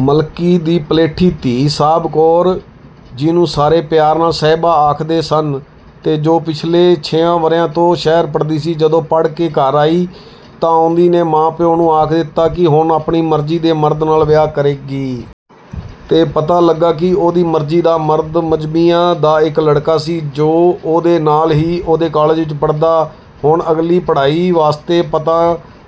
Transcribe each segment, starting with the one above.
ਮਲਕੀ ਦੀ ਪਲੇਠੀ ਧੀ ਸਾਹਬ ਕੌਰ, ਜਿਹਨੂੰ ਸਾਰੇ ਪਿਆਰ ਨਾਲ ਸਾਹਿਬਾਂ ਆਖਦੇ ਸਨ, ਤੇ ਜੋ ਪਿਛਲੇ ਛੇਆਂ ਵਰ੍ਹਿਆਂ ਤੋਂ ਸ਼ਹਿਰ ਪੜ੍ਹਦੀ ਸੀ, ਜਦੋਂ ਪੜ੍ਹ ਕੇ ਘਰ ਆਈ ਤਾਂ ਔਂਦੀ ਨੇ ਮਾਂ ਪਿਉ ਨੂੰ ਆਖ ਦਿੱਤਾ ਕਿ ਉਹ ਆਪਣੀ ਮਰਜ਼ੀ ਦੇ ਮਰਦ ਨਾਲ ਵਿਆਹ ਕਰੇਗੀ। ਤੇ ਪਤਾ ਲੱਗਾ ਕਿ ਉਹਦੀ ਮਰਜ਼ੀ ਦਾ ਮਰਦ ਮਜ਼੍ਹਬੀਆਂ ਦਾ ਇਕ ਲੜਕਾ ਸੀ, ਜੋ ਉਹਦੇ ਨਾਲ ਹੀ ਉਹਦੇ ਕਾਲਜ ਵਿਚ ਪੜ੍ਹਦਾ ਹੁਣ ਅਗਲੀ ਪੜ੍ਹਾਈ ਵਾਸਤੇ ਪਤਾ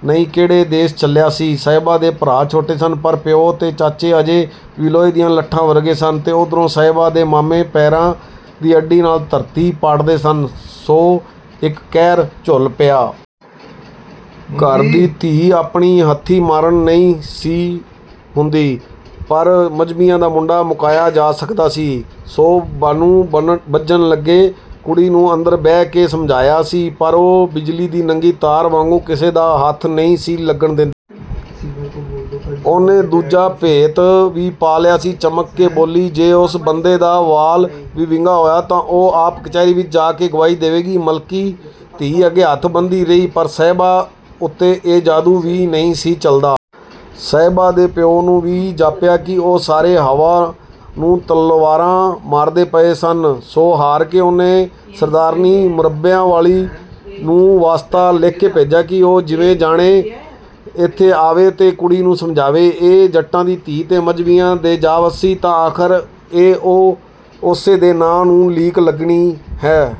ਨਹੀਂ ਕਿਹੜੇ ਦੇਸ ਚੱਲਿਆ ਸੀ… ਸਾਹਿਬਾਂ ਦੇ ਭਰਾ ਛੋਟੇ ਸਨ, ਪਰ ਪਿਉ ਤੇ ਚਾਚੇ ਅਜੇ ਵੀ ਲੋਹੇ ਦੀਆਂ ਲੱਠਾਂ ਵਰਗੇ ਸਨ, ਤੇ ਉਧਰੋਂ ਸਾਹਿਬਾਂ ਦੇ ਮਾਮੇ ਪੈਰਾਂ ਦੀ ਅੱਡੀ ਨਾਲ ਧਰਤੀ ਪਾੜਦੇ ਸਨ, ਸੋ ਇਕ ਕਹਿਰ ਝੁੱਲ ਪਿਆ। ਘਰ ਦੀ ਧੀ ਆਪਣੀ ਹੱਥੀਂ ਮਾਰਣ ਨਹੀਂ ਸੀ ਹੁੰਦੀ, ਪਰ ਮਜ਼੍ਹਬੀਆਂ ਦਾ ਮੁੰਡਾ ਮੁਕਾਇਆ ਜਾ ਸਕਦਾ ਸੀ। ਸੋ ਬਾਨ੍ਹਣੂ ਬੱਝਣ ਲੱਗੇ। ਕੁੜੀ ਨੂੰ ਅੰਦਰ ਬਹਿ ਕੇ ਸਮਝਾਇਆ ਸੀ, ਪਰ ਉਹ ਬਿਜਲੀ ਦੀ ਨੰਗੀ ਤਾਰ ਵਾਂਗੂੰ ਕਿਸੇ ਦਾ ਹੱਥ ਨਹੀਂ ਸੀ ਲੱਗਣ ਦੇਂਦੀ। ਉਹਨੇ ਦੂਜਾ ਭੇਤ ਵੀ ਪਾ ਲਿਆ ਸੀ – ਚਮਕ ਕੇ ਬੋਲੀ "ਜੇ ਉਸ ਬੰਦੇ ਦਾ ਵਾਲ ਵੀ ਵਿੰਗਾ ਹੋਇਆ ਤਾਂ ਉਹ ਆਪ ਕਚਿਹਰੀ ਵਿਚ ਜਾ ਕੇ ਗਵਾਹੀ ਦੇਵੇਗੀ" ਮਲਕੀ, ਧੀ ਅੱਗੇ ਹੱਥ ਬੰਨ੍ਹਦੀ ਰਹੀ, ਪਰ ਸਾਹਿਬਾਂ ਉਤੇ ਇਹ ਜਾਦੂ ਵੀ ਨਹੀਂ ਸੀ ਚਲਦਾ। ਸਾਹਿਬਾਂ ਦੇ ਪਿਉ ਨੂੰ ਵੀ ਜਾਪਿਆ – ਕਿ ਉਹ ਸਾਰੇ ਹਵਾ ਨੂੰ ਤਲਵਾਰਾਂ ਮਾਰਦੇ ਪਏ ਸਨ। ਸੋ ਹਾਰ ਕੇ ਉਹਨੇ ਸਰਦਾਰਨੀ ਮੁਰੱਬਿਆਂ ਵਾਲੀ ਨੂੰ ਵਾਸਤਾ ਲਿਖ ਭੇਜਿਆ ਕਿ ਉਹ ਜਿਵੇਂ ਜਾਣੇ, ਇਥੇ ਆਵੇ ਤੇ ਕੁੜੀ ਨੂੰ ਸਮਝਾਵੇ, ਇਹ ਜੱਟਾਂ ਦੀ ਧੀ ਜੇ ਮਜ਼੍ਹਬੀਆਂ ਦੇ ਜਾ ਵੱਸੀ, ਤਾਂ ਆਖਰ ਇਹ ਉਸੇ ਦੇ ਨਾਂ ਨੂੰ ਲੀਕ ਲੱਗਣੀ ਹੈ..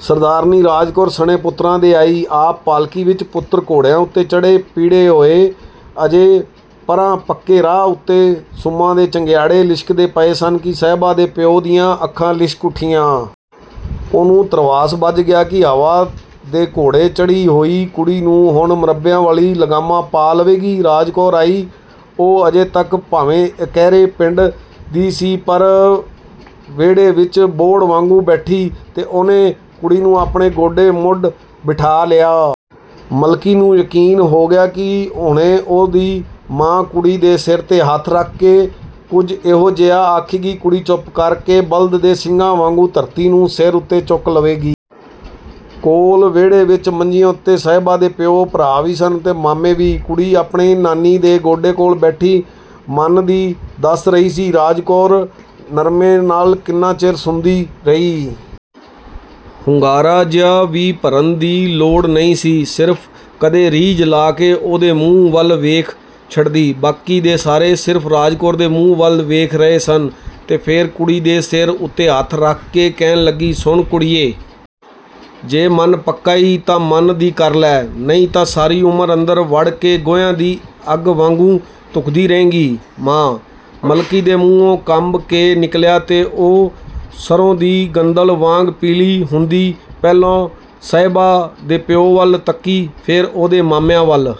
ਸਰਦਾਰਨੀ ਰਾਜ ਕੌਰ ਸਣੇ ਪੁੱਤਰਾਂ ਦੇ ਆਈ। ਆਪ ਪਾਲਕੀ ਵਿਚ, ਪੁੱਤਰ ਘੋੜਿਆਂ ਉਤੇ ਚੜ੍ਹੇ ਪੀੜੇ ਹੋਏ। ਅਜੇ ਪਰ੍ਹਾਂ ਪੱਕੇ ਰਾਹ ਉਤੇ ਸੁੰਮਾਂ ਦੇ ਚੰਗਿਆੜੇ ਲਿਸ਼ਕਦੇ ਪਏ ਸਨ ਕਿ ਸਾਹਿਬਾਂ ਦੇ ਪਿਉ ਦੀਆਂ ਅੱਖਾਂ ਲਿਸ਼ਕ ਉਠੀਆਂ। ਉਹਨੂੰ ਧਰਵਾਸ ਬੱਝ ਗਿਆ ਕਿ ਹਵਾ ਦੇ ਘੋੜੇ ਚੜ੍ਹੀ ਹੋਈ ਕੁੜੀ ਨੂੰ ਹੁਣ ਮੁਰੱਬਿਆਂ ਵਾਲੀ ਲਗਾਮਾਂ ਪਾ ਲਵੇਗੀ। ਰਾਜ ਕੌਰ ਆਈ, ਉਹ ਅਜੇ ਤੱਕ ਭਾਵੇਂ ਇਕਹਿਰੇ ਪਿੰਡੇ ਦੀ ਸੀ, ਪਰ ਵੇਹੜੇ ਵਿਚ ਬੋਹੜ ਵਾਂਗੂੰ ਬੈਠੀ, ਤੇ ਉਹਨੇ ਕੁੜੀ ਨੂੰ ਆਪਣੇ ਗੋਡੇ ਮੁੱਢ ਬਿਠਾ ਲਿਆ। ਮਲਕੀ ਨੂੰ ਯਕੀਨ ਹੋ ਗਿਆ ਕਿ ਹੁਣੇ ਉਹਦੀ ਮਾਂ – ਕੁੜੀ ਦੇ ਸਿਰ ਤੇ ਹੱਥ ਰੱਖ ਕੇ ਕੁਝ ਇਹੋ ਜਿਹਾ ਆਖੇਗੀ ਕਿ ਕੁੜੀ ਚੁੱਪ ਕਰ ਕੇ ਬਲਦ ਦੇ ਸਿੰਗਾਂ ਵਾਂਗੂੰ ਧਰਤੀ ਨੂੰ ਸਿਰ ਉਤੇ ਚੁੱਕ ਲਵੇਗੀ.. ਕੋਲ ਵੇਹੜੇ ਵਿਚ ਮੰਜੀਆਂ ਉਤੇ ਸਾਹਿਬਾਂ ਦੇ ਪਿਉ ਭਰਾ ਵੀ ਸਨ ਤੇ ਮਾਮੇ ਵੀ। ਕੁੜੀ ਆਪਣੀ ਨਾਨੀ ਦੇ ਗੋਡੇ ਕੋਲ ਬੈਠੀ ਮਨ ਦੀ ਦੱਸ ਰਹੀ ਸੀ। ਰਾਜ ਕੌਰ ਠਰ੍ਹੰਮੇ ਨਾਲ ਕਿੰਨਾ ਚਿਰ ਸੁਣਦੀ ਰਹੀ। ਹੁੰਗਾਰਾ ਜਿਹਾ ਵੀ ਭਰਨ ਦੀ ਲੋੜੀ ਨਹੀਂ ਸੀ, ਸਿਰਫ ਕਦੇ ਨੀਝ ਲਾ ਕੇ ਉਹਦੇ ਮੂੰਹ ਵੱਲ ਵੇਖ ਛੱਡਦੀ। ਬਾਕੀ ਦੇ ਸਾਰੇ ਸਿਰਫ਼ ਰਾਜ ਕੌਰ ਦੇ ਮੂੰਹ ਵੱਲ ਵੇਖ ਰਹੇ ਸਨ। ਤੇ ਫੇਰ ਕੁੜੀ ਦੇ ਸਿਰ ਉਤੇ ਹੱਥ ਰੱਖ ਕੇ ਕਹਿਣ ਲੱਗੀ – "ਸੁਣ ਕੁੜੀਏ! ਜੇ ਮਨ ਪੱਕਾ ਈ, ਤਾਂ ਮਨ ਦੀ ਕਰ ਲੈ! ਨਹੀਂ ਤਾ ਸਾਰੀ ਉਮਰ ਅੰਦਰ ਵੜ ਕੇ ਗੋਹਿਆਂ ਦੀ ਅੱਗ ਵਾਂਗੂੰ ਧੁਖਦੀ ਰਹੇਂਗੀ" "ਮਾਂ! " ਮਲਕੀ ਦੇ ਮੂੰਹੋਂ ਕੰਬ ਕੇ ਨਿਕਲਿਆ ਤੇ ਉਹ ਸਰ੍ਹੋਂ ਦੀ ਗੰਦਲ ਵਾਂਗ ਪੀਲੀ ਹੁੰਦੀ ਪਹਿਲੋਂ ਸਾਹਿਬਾਂ ਦੇ ਪਿਉ ਵੱਲ ਤੱਕੀ ਫੇਰ ਉਹਦੇ ਮਾਮਿਆਂ ਵੱਲ।